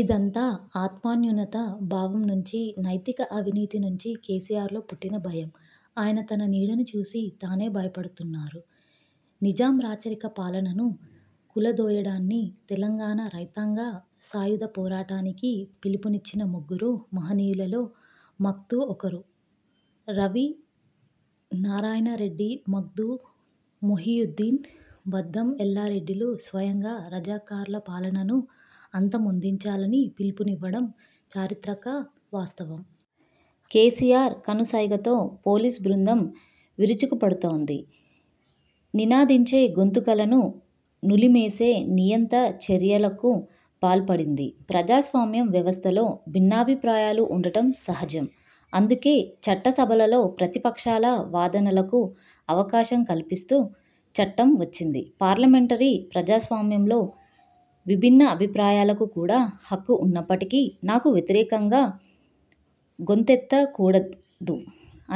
ఇదంతా ఆత్మన్యూనతా భావంనుంచి, నైతిక అవినీతి నుంచి కేసీఆర్లో పుట్టిన భయం. ఆయన తన నీడను చూసి తానే భయపడుతున్నారు. నిజాం రాచరిక పాలనను కూలదోయండని తెలంగాణ రైతాంగ సాయుధ పోరాటానికి పిలుపునిచ్చిన ముగ్గురు మహనీయులలో మఖ్దూం ఒకరు. రావి నారాయణరెడ్డి, మఖ్దూం మొహియుద్దీన్, బద్దం ఎల్లారెడ్డిలు స్వయంగా రజాకార్ల పాలనను అంతమొందించాలని పిలుపునివ్వడం చారిత్రక వాస్తవం. కేసీఆర్ కనుసైగతో పోలీస్ బృందం విరుచుకుపడుతోంది. నినదించే గొంతుకలను నులిమేసే నియంత చర్యలకు పాల్పడింది. ప్రజాస్వామ్య వ్యవస్థలో భిన్నాభిప్రాయాలు ఉండటం సహజం. అందుకే చట్ట సభలలో ప్రతిపక్షాల వాదనలకు అవకాశం కల్పిస్తూ చట్టం వచ్చింది. పార్లమెంటరీ ప్రజాస్వామ్యంలో విభిన్న అభిప్రాయాలకు కూడా హక్కు ఉన్నప్పటికీ 'నాకు వ్యతిరేకంగా గొంతెత్త కూడదు'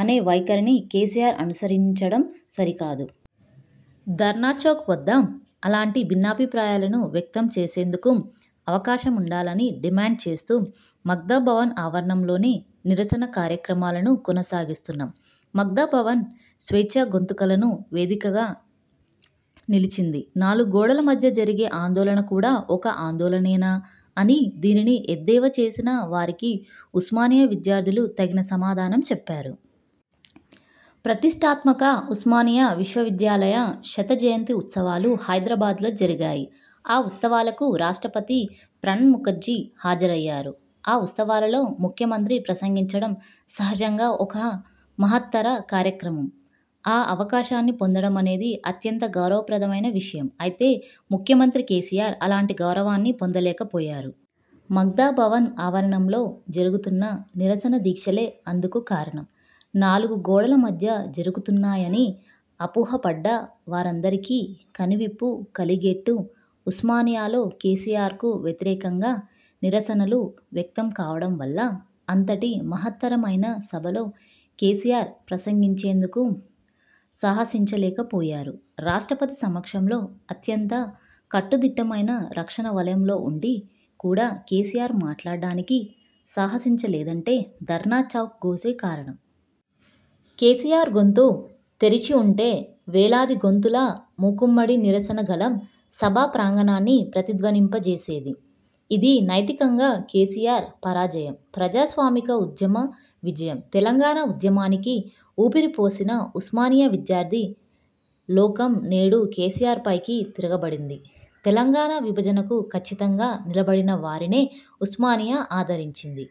అనే వైఖరిని కేసీఆర్ అనుసరించడం సరికాదు. ధర్నాచౌక్ వద్ద అలాంటి భిన్నాభిప్రాయాలను వ్యక్తం చేసేందుకు అవకాశముండాలని డిమాండ్ చేస్తూ మఖ్దూం భవన్ ఆవరణలోనే నిరసన కార్యక్రమాలను కొనసాగిస్తున్నాం. మఖ్దూం భవన్ స్వేచ్ఛా గొంతులకు వేదికగా నిలిచింది. నాలుగు గోడల మధ్య జరిగే ఆందోళన కూడా ఒక ఆందోళననేనా? అని దీనిని ఎద్దేవా చేసిన వారికి ఉస్మానియా విద్యార్థులు తగిన సమాధానం చెప్పారు. ప్రతిష్టాత్మక ఉస్మానియా విశ్వవిద్యాలయ శత జయంతి ఉత్సవాలు హైదరాబాద్లో జరిగాయి. ఆ ఉత్సవాలకు రాష్ట్రపతి ప్రణబ్ముఖర్జి హాజరయ్యారు. ఆ ఉత్సవాలలో ముఖ్యమంత్రి ప్రసంగించడం సహజంగా ఒక మహత్తర కార్యక్రమం. ఆ అవకాశాన్ని పొందడమనేది అత్యంత గౌరవప్రదమైన విషయం. అయితే ముఖ్యమంత్రి కేసీఆర్ అలాంటి గౌరవాన్ని పొందలేకపోయారు. మఖ్దూం భవన్ ఆవరణలో జరుగుతున్న నిరసన దీక్షలే అందుకు కారణం. నాలుగు గోడల మధ్య జరుగుతున్నాయని అపోహబడ్డ వారందరికి కనువిప్పు కలిగేట్టు ఉస్మానియాలో కేసీఆర్కు వ్యతిరేకంగా నిరస నలు వ్యక్తం కావడం వల్ల అంతటి మహత్తరమైన సభలో కేసీఆర్ ప్రసంగించేందుకు సాహసించలేకపోయారు. రాష్ట్రపతి సమక్షంలో, అత్యంత కట్టుదిట్టమైన రక్షణ వలయంలో ఉండి కూడా కేసీఆర్ మాట్లాడానికి సాహసించలేదంటే ధర్నా చౌక్ గోసే కారణం. కేసీఆర్ గొంతు తెరిచివుంటే, వేలాదిగొంతుల మూకు మ్మడి నిరసన గళం సభా ప్రాంగణాన్ని ప్రతిధ్వనింపజేసేది. ఇది నైతికంగా కేసీఆర్ పరాజయం. ప్రజాస్వామిక ఉద్యమ విజయం. తెలంగాణ ఉద్యమానికి ఊపిరిపోసిన ఉస్మానియా విద్యార్థి లోకం నేడు కేసీఆర్పైకి తిరగబడింది. తెలంగాణ విభజనకు ఖచ్చితంగా నిలబడిన వారినే ఉస్మానియా ఆదరించింది.